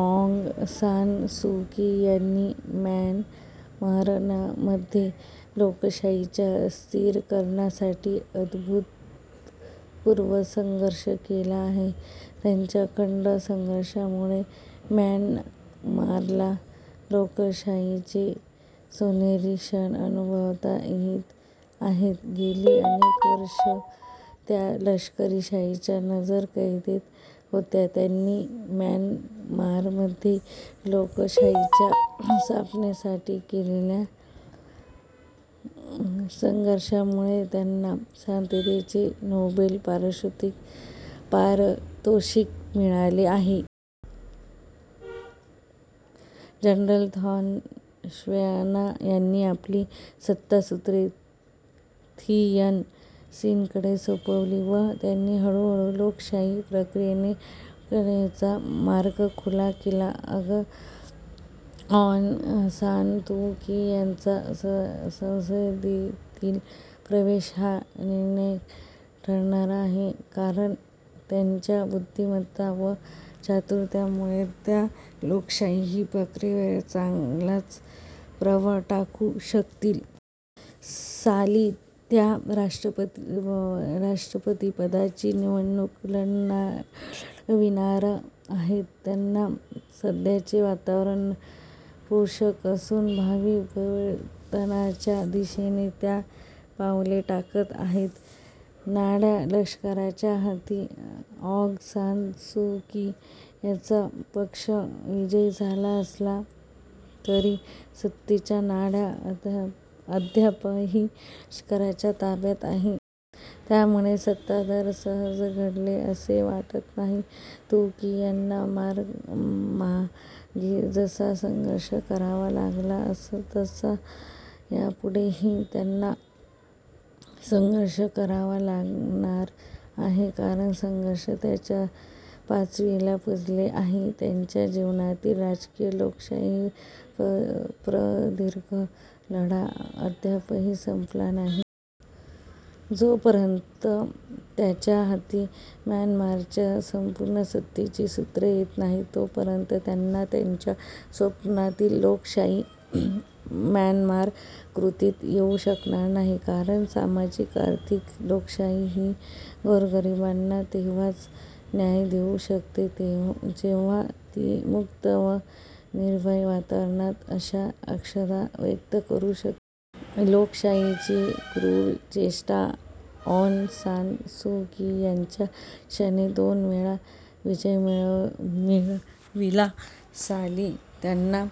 आँग San Suu Kyi यांनी म्यानमारमध्ये लोकशाहीच्या स्थिरीकरणासाठी अभूतपूर्व संघर्ष केला आहे. त्यांच्या अखंड संघर्षामुळे म्यानमारला लोकशाहीचे सोनेरी क्षण अनुभवता येत आहेत. गेली अनेक वर्षे त्या लष्करशाहीच्या नजरकैदेत होत्या. त्यांनी म्यानमारमध्ये लोकशाहीच्या स्थापनेसाठी केलेल्या संघर्षामुळे त्यांना शांततेचे नोबेल पारितोषिक मिळाले आहे. जनरल थॅन श्वेना यांनी आपली सत्तासूत्रे थिएन सिनकडे सोपविली व त्यांनी हळू-हळू लोकशाही प्रक्रियेने निवडणुकांचा मार्ग खुला केला. आँग सान सू की यांचा संसदेतील प्रवेश हा निर्णायक ठरणारा आहे. कारण त्यांच्या बुद्धिमत्ता व चातुर्यामुळे त्या लोकशाही प्रक्रियेवर चांगलाच प्रभाव टाकू शकतील. साली त्या राष्ट्रपतीपदाची निवडणूक लढविणार आहेत. त्यांना सध्याचे वातावरण पोषक असून भावी परिवर्तनाच्या दिशेने त्या पावले टाकत आहेत. नाड्या लष्कराच्या हाती आँग सान सू की यांचा पक्ष विजयी झाला असला तरी सत्तेच्या नाड्या अद्यापही लष्कराच्या ताब्यात आहेत. त्यामुळे सत्तांतर सहज घडेल असे वाटत नाही. सू की यांना मागे जसा संघर्ष करावा लागला तसा यापुढेही त्यांना संघर्ष करावा लागणार आहे. कारण संघर्ष त्यांच्या पाचवीला पूजलेला आहे. त्यांच्या जीवनातील राजकीय लोकशाहीचा प्रदीर्घ लढा अद्यापही संपलेला नाही. जोपर्यंत त्यांच्या हाती म्यानमारच्या संपूर्ण सत्तेची सूत्रे येत नाहीत तोपर्यंत त्यांना त्यांच्या स्वप्नातील लोकशाही म्यानमार कृतीत येऊ शकणार नाही. कारण सामाजिक, आर्थिक, लोकशाही ही गोरगरिबांना तेव्हाच न्याय देऊ शकते जेव्हा ती मुक्त व निर्भय वातावरणात आशा आकांक्षा व्यक्त करू शकते. लोकशाहीची क्रूर चेष्टा आँग सान सू की यांच्या पक्षाने दोन वेळा विजय मिळविला. साली त्यांना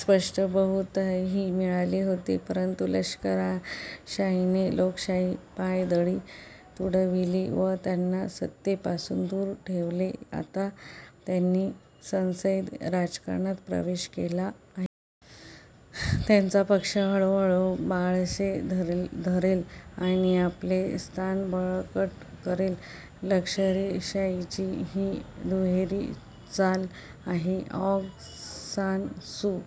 स्पष्ट बहुमतही मिळाले होते. परंतु लष्करशाहीने लोकशाही पायदळी तुडविली व त्यांना सत्तेपासून दूर ठेवले. आता त्यांनी संसदीय राजकारणात प्रवेश केला आहे. त्यांचा पक्ष हळूहळू बाळसे धरेल आणि आपले स्थान बळकट करेल. लष्करशाहीची ही दुहेरी चाल आहे. ऑग सान सू